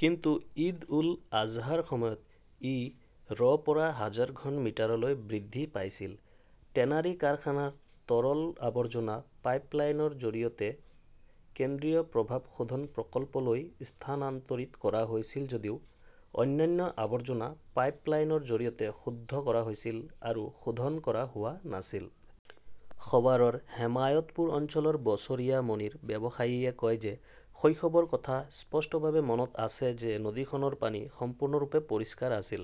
কিন্তু ঈদ-উল-আজহাৰ সময়ত ই ৰ পৰা হাজাৰ ঘন মিটাৰলৈ বৃদ্ধি পাইছিল। টেনাৰী কাৰখানাৰ তৰল আৱৰ্জনা পাইপলাইনৰ জৰিয়তে কেন্দ্ৰীয় প্ৰভাৱ শোধন প্ৰকল্পলৈ স্থানান্তৰিত কৰা হৈছিল যদিও অন্যান্য আৱৰ্জনা পাইপলাইনৰ জৰিয়তে শুদ্ধ কৰা হৈছিল আৰু শোধন কৰা হোৱা নাছিল। সৱাৰৰ হেমায়তপুৰ অঞ্চলৰ বছৰীয়া মনিৰ ব্যৱসায়ীয়ে কয় যে শৈশৱৰ কথা স্পষ্টভাৱে মনত আছে যে নদীখনৰ পানী সম্পূৰ্ণৰূপে পৰিষ্কাৰ আছিল।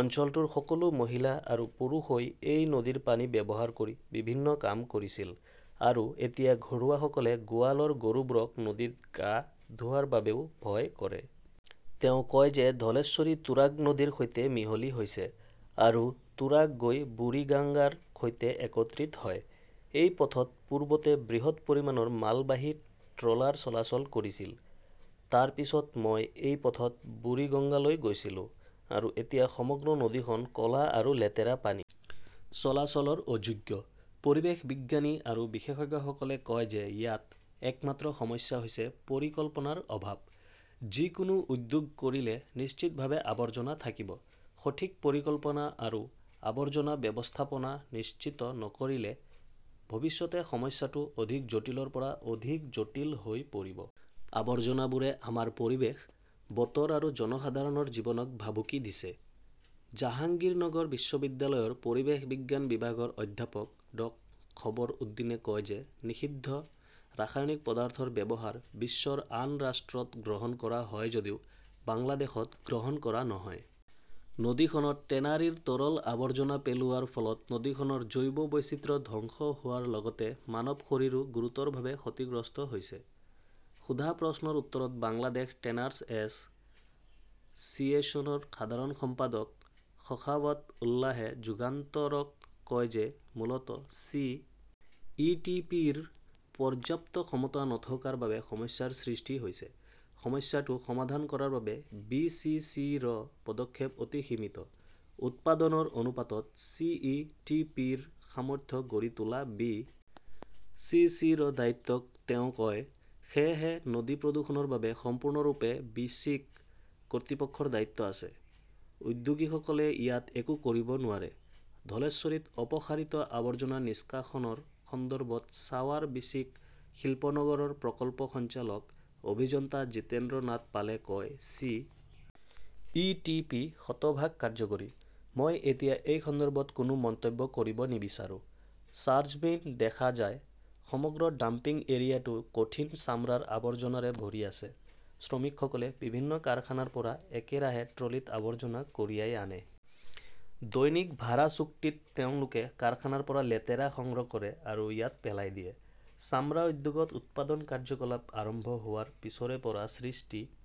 অঞ্চলটোৰ সকলো মহিলা আৰু পুৰুষই এই নদীৰ পানী ব্যৱহাৰ কৰি বিভিন্ন কাম কৰিছিল। আৰু এতিয়া ঘৰুৱাসকলে গোৱালৰ গৰুবোৰক নদীত গা ধোৱাৰ বাবেও ভয় কৰে। তেওঁ কয় যে ধলেশ্বৰী তুৰাগ নদীৰ সৈতে মিহলি হৈছে। আৰু তুৰাগ গৈ বুৰিগাংগাৰ সৈতে একত্ৰিত হয়। এই পথত পূৰ্বতে বৃহৎ পৰিমাণৰ মালবাহী ট্ৰলাৰ চলাচল কৰিছিল। তাৰ পিছত মই এই পথত বুৰিগঙ্গালৈ গৈছিলো। আৰু এতিয়া সমগ্ৰ নদীখন ক 'লা আৰু লেতেৰা পানী। চলাচলৰ অযোগ্য। পৰিৱেশ বিজ্ঞানী আৰু বিশেষজ্ঞসকলে কয় যে ইয়াত একমাত্ৰ সমস্যা হৈছে পৰিকল্পনাৰ অভাৱ। যিকোনো উদ্যোগ কৰিলে নিশ্চিতভাৱে আৱৰ্জনা থাকিব। সঠিক পৰিকল্পনা আৰু আৱৰ্জনা ব্যৱস্থাপনা নিশ্চিত নকৰিলে, ভৱিষ্যতে সমস্যাটো অধিক জটিলৰ পৰা অধিক জটিল হৈ পৰিব। আৱৰ্জনাবোৰে আমাৰ পৰিৱেশ, বতৰ আৰু জনসাধাৰণৰ জীৱনক ভাবুকি দিছে। জাহাংগীৰনগৰ বিশ্ববিদ্যালয়ৰ পৰিৱেশ বিজ্ঞান বিভাগৰ অধ্যাপক ড খবৰ উদ্দীনে কয় যে নিষিদ্ধ ৰাসায়নিক পদাৰ্থৰ ব্যৱহাৰ বিশ্বৰ আন ৰাষ্ট্ৰত গ্ৰহণ কৰা হয় যদিও বাংলাদেশত গ্ৰহণ কৰা নহয়। নদীখনত টেনাৰীৰ তৰল আৱৰ্জনা পেলোৱাৰ ফলত নদীখনৰ জৈৱ বৈচিত্ৰ্য ধ্বংস হোৱাৰ লগতে মানৱ শৰীৰো গুৰুতৰভাৱে ক্ষতিগ্ৰস্ত হৈছে। সোধা প্ৰশ্নৰ উত্তৰত বাংলাদেশ টেনাৰ্ছ এছ "চিয়েশ্যনৰ সাধাৰণ সম্পাদক শখাৱত উল্লাহে যুগান্তৰক কয় যে মূলতঃ চি. ই. টি. পি. -ৰ পৰ্যাপ্ত ক্ষমতা নথকাৰ বাবে সমস্যাৰ সৃষ্টি হৈছে। সমস্যাটো সমাধান কৰাৰ বাবে বি. চি. চি. -ৰ পদক্ষেপ অতি সীমিত। "উৎপাদনৰ অনুপাতত চি. ই. টি. পি. -ৰ সামৰ্থ্য গঢ়ি তোলা বি. চি. চি. -ৰ দায়িত্ব", তেওঁ কয়। সেয়েহে নদী প্ৰদূষণৰ বাবে সম্পূৰ্ণৰূপে বিসিক কৰ্তৃপক্ষৰ দায়িত্ব আছে। উদ্যোগীসকলে ইয়াত একো কৰিব নোৱাৰে। "ধলেশ্বৰীত অপসাৰিত আৱৰ্জনা নিষ্কাশনৰ সন্দৰ্ভত ছাৱাৰ বিসিক শিল্পনগৰৰ প্ৰকল্প সঞ্চালক অভিযন্তা জিতেন্দ্ৰ নাথ পালে কয়", "চি. ই. টি. পি. শতভাগ কাৰ্যকৰী। " মই এতিয়া এই সন্দৰ্ভত কোনো মন্তব্য কৰিব নিবিচাৰো। 'চাৰ্জমেইন দেখা যায়, সমগ্ৰ ডাম্পিং এৰিয়াটো কঠিন চামৰাৰ আৱৰ্জনাৰে ভৰি আছে। শ্ৰমিকসকলে বিভিন্ন কাৰখানাৰ পৰা একেৰাহে ট্ৰলীত আৱৰ্জনা কঢ়িয়াই আনে। দৈনিক ভাড়া চুক্তিত তেওঁলোকে কাৰখানাৰ পৰা লেতেৰা সংগ্ৰহ কৰে আৰু ইয়াত পেলাই দিয়ে। চামৰা উদ্যোগত উৎপাদন কাৰ্যকলাপ আৰম্ভ হোৱাৰ পিছৰে পৰা সৃষ্টি